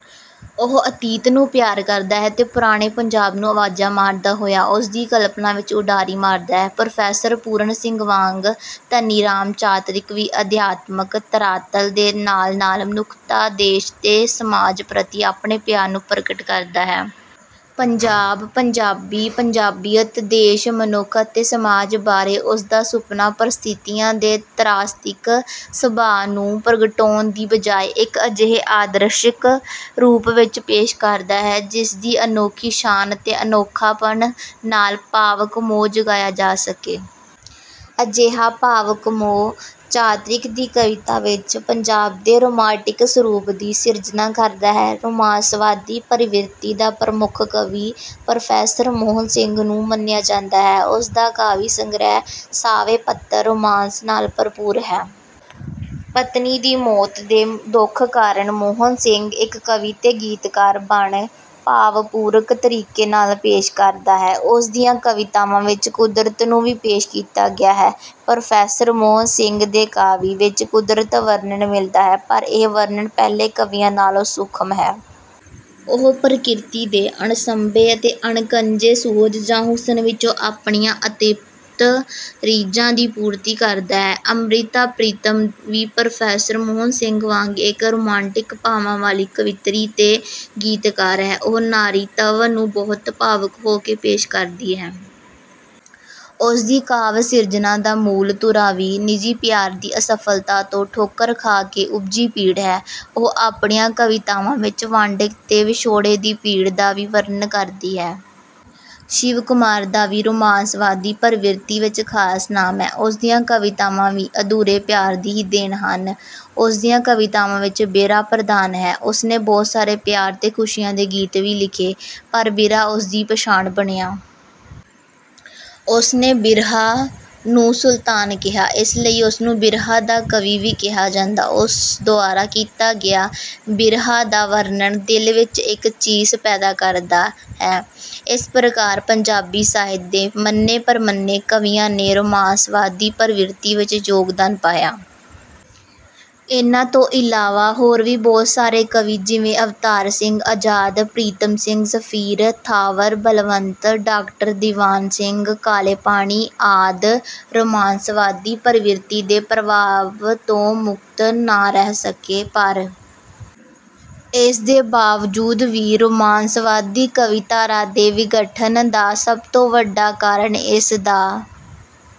ਉਹ ਅਤੀਤ ਨੂੰ ਪਿਆਰ ਕਰਦਾ ਹੈ ਤੇ ਪੁਰਾਣੇ ਪੰਜਾਬ ਨੂੰ ਆਵਾਜ਼ਾਂ ਮਾਰਦਾ ਹੋਇਆ ਉਸ ਦੀ ਕਲਪਨਾ ਵਿੱਚ ਉਡਾਰੀ ਮਾਰਦਾ ਹੈ। ਪ੍ਰੋਫੈਸਰ ਪੂਰਨ ਸਿੰਘ ਵਾਂਗ ਧਨੀ ਰਾਮ ਚਾਤ੍ਰਿਕ ਵੀ ਅਧਿਆਤਮਕ ਧਰਾਤਲ ਦੇ ਨਾਲ-ਨਾਲ ਮਨੁੱਖਤਾ, ਦੇਸ਼ ਤੇ ਸਮਾਜ ਪ੍ਰਤੀ ਆਪਣੇ ਪਿਆਰ ਨੂੰ ਪ੍ਰਗਟ ਕਰਦਾ ਹੈ। ਪੰਜਾਬ, ਪੰਜਾਬੀ, ਪੰਜਾਬੀਅਤ, ਦੇਸ਼, ਮਨੁੱਖ ਅਤੇ ਸਮਾਜ ਬਾਰੇ ਉਸ ਦਾ ਸੁਪਨਾ ਪ੍ਰਸਥਿਤੀਆਂ ਦੇ ਤ੍ਰਾਸਦਿਕ ਸੁਭਾਅ ਨੂੰ ਪ੍ਰਗਟਾਉਣ ਦੀ ਬਜਾਇ ਇੱਕ ਅਜਿਹੇ ਆਦਰਸ਼ਕ ਰੂਪ ਵਿੱਚ ਪੇਸ਼ ਕਰਦਾ ਹੈ, ਜਿਸਦੀ ਅਨੋਖੀ ਸ਼ਾਨ ਅਤੇ ਅਨੋਖਾਪਣ ਨਾਲ ਭਾਵਕ ਮੋਹ ਜਗਾਇਆ ਜਾ ਸਕੇ। ਅਜਿਹਾ ਭਾਵਕ ਮੋਹ ਚਾਤ੍ਰਿਕ ਦੀ ਕਵਿਤਾ ਵਿੱਚ ਪੰਜਾਬ ਦੇ ਰੋਮਾਂਟਿਕ ਸਰੂਪ ਦੀ ਸਿਰਜਣਾ ਕਰਦਾ ਹੈ। ਰੁਮਾਂਸਵਾਦੀ ਪ੍ਰਵਿਰਤੀ ਦਾ ਪ੍ਰਮੁੱਖ ਕਵੀ ਪ੍ਰੋਫੈਸਰ ਮੋਹਨ ਸਿੰਘ ਨੂੰ ਮੰਨਿਆ ਜਾਂਦਾ ਹੈ। ਉਸ ਦਾ ਕਾਵਿ ਸੰਗ੍ਰਹਿ 'ਸਾਵੇਂ ਪੱਤਰ' ਰੁਮਾਂਸ ਨਾਲ ਭਰਪੂਰ ਹੈ। ਪਤਨੀ ਦੀ ਮੌਤ ਦੇ ਦੁੱਖ ਕਾਰਨ ਮੋਹਨ ਸਿੰਘ ਇੱਕ ਕਵੀ ਤੇ ਗੀਤਕਾਰ ਬਣ ਭਾਵਪੂਰਕ ਤਰੀਕੇ ਨਾਲ ਪੇਸ਼ ਕਰਦਾ ਹੈ। ਉਸ ਦੀਆਂ ਕਵਿਤਾਵਾਂ ਵਿੱਚ ਕੁਦਰਤ ਨੂੰ ਵੀ ਪੇਸ਼ ਕੀਤਾ ਗਿਆ ਹੈ। ਪ੍ਰੋਫੈਸਰ ਮੋਹਨ ਸਿੰਘ ਦੇ ਕਾਵਿ ਵਿੱਚ ਕੁਦਰਤ ਵਰਨਣ ਮਿਲਦਾ ਹੈ, ਪਰ ਇਹ ਵਰਣਨ ਪਹਿਲੇ ਕਵੀਆਂ ਨਾਲੋਂ ਸੂਖਮ ਹੈ। ਉਹ ਪ੍ਰਕਿਰਤੀ ਦੇ ਅਣਸਂਭੇ ਅਤੇ ਅਣਕੱਜੇ ਸੁਹਜ ਜਾਂ ਹੁਸਨ ਵਿੱਚੋਂ ਆਪਣੀਆਂ ਅਤ੍ਰਿਪਤ ਰੀਝਾਂ ਦੀ ਪੂਰਤੀ ਕਰਦਾ ਹੈ। ਅੰਮ੍ਰਿਤਾ ਪ੍ਰੀਤਮ ਵੀ ਪ੍ਰੋਫੇਸਰ ਮੋਹਨ ਸਿੰਘ ਵਾਂਗ ਇੱਕ ਰੁਮਾਂਟਿਕ ਭਾਵਾਂ ਵਾਲੀ ਕਵਿੱਤਰੀ ਤੇ ਗੀਤਕਾਰ ਹੈ। ਉਹ ਨਾਰੀਤਵ ਨੂੰ ਬਹੁਤ ਭਾਵੁਕ ਹੋ ਕੇ ਪੇਸ਼ ਕਰਦੀ ਹੈ। ਉਸ ਦੀ ਕਾਵਿ ਸਿਰਜਣਾ ਦਾ ਮੂਲ ਧੁਰਾ ਵੀ ਨਿੱਜੀ ਪਿਆਰ ਦੀ ਅਸਫ਼ਲਤਾ ਤੋਂ ਠੋਕਰ ਖਾ ਕੇ ਉਪਜੀ ਪੀੜ ਹੈ। ਉਹ ਆਪਣੀਆਂ ਕਵਿਤਾਵਾਂ ਵਿੱਚ ਵੰਡ ਅਤੇ ਵਿਛੋੜੇ ਦੀ ਪੀੜ ਦਾ ਵੀ ਵਰਨਣ ਕਰਦੀ ਹੈ। ਸ਼ਿਵ ਕੁਮਾਰ ਦਾ ਵੀ ਰੁਮਾਂਸਵਾਦੀ ਪ੍ਰਵਿਰਤੀ ਵਿੱਚ ਖਾਸ ਨਾਮ ਹੈ। ਉਸ ਦੀਆਂ ਕਵਿਤਾਵਾਂ ਵੀ ਅਧੂਰੇ ਪਿਆਰ ਦੀ ਹੀ ਦੇਣ ਹਨ। ਉਸ ਦੀਆਂ ਕਵਿਤਾਵਾਂ ਵਿੱਚ ਬਿਰਹਾ ਪ੍ਰਧਾਨ ਹੈ। ਉਸਨੇ ਬਹੁਤ ਸਾਰੇ ਪਿਆਰ ਤੇ ਖੁਸ਼ੀਆਂ ਦੇ ਗੀਤ ਵੀ ਲਿਖੇ, ਪਰ ਬਿਰਹਾ ਉਸ ਦੀ ਪਛਾਣ ਬਣਿਆ। ਉਸਨੇ ਬਿਰਹਾ ਨੂੰ ਸੁਲਤਾਨ ਕਿਹਾ। ਇਸ ਲਈ ਉਸਨੂੰ ਬਿਰਹਾ ਦਾ ਕਵੀ ਵੀ ਕਿਹਾ ਜਾਂਦਾ ਹੈ। ਉਸ ਦੁਆਰਾ ਕੀਤਾ ਗਿਆ ਬਿਰਹਾ ਦਾ ਵਰਨਣ ਦਿਲ ਵਿੱਚ ਇੱਕ ਚੀਸ ਪੈਦਾ ਕਰਦਾ ਹੈ। ਇਸ ਪ੍ਰਕਾਰ ਪੰਜਾਬੀ ਸਾਹਿਤ ਮੰਨੇ-ਪ੍ਰਮੰਨੇ ਕਵੀਆਂ ਨੇ ਰੁਮਾਂਸਵਾਦੀ ਪ੍ਰਵਿਰਤੀ ਵਿੱਚ ਯੋਗਦਾਨ ਪਾਇਆ। ਇਨ੍ਹਾਂ ਤੋਂ ਇਲਾਵਾ ਹੋਰ ਵੀ ਬਹੁਤ ਸਾਰੇ ਕਵੀ ਜਿਵੇਂ ਅਵਤਾਰ ਸਿੰਘ ਆਜ਼ਾਦ, ਪ੍ਰੀਤਮ ਸਿੰਘ ਸਫ਼ੀਰ, ਥਾਵਰ ਬਲਵੰਤ, ਡਾਕਟਰ ਦੀਵਾਨ ਸਿੰਘ ਕਾਲੇ ਪਾਣੀ ਆਦਿ ਰੁਮਾਂਸਵਾਦੀ ਪ੍ਰਵਿਰਤੀ ਦੇ ਪ੍ਰਭਾਵ ਤੋਂ ਮੁਕਤ ਨਾ ਰਹਿ ਸਕੇ। ਪਰ ਇਸ ਦੇ ਬਾਵਜੂਦ ਵੀ ਰੁਮਾਂਸਵਾਦੀ ਕਾਵਿਧਾਰਾ ਦੇ ਵਿਗਠਨ ਦਾ ਸਭ ਤੋਂ ਵੱਡਾ ਕਾਰਨ ਇਸ ਦਾ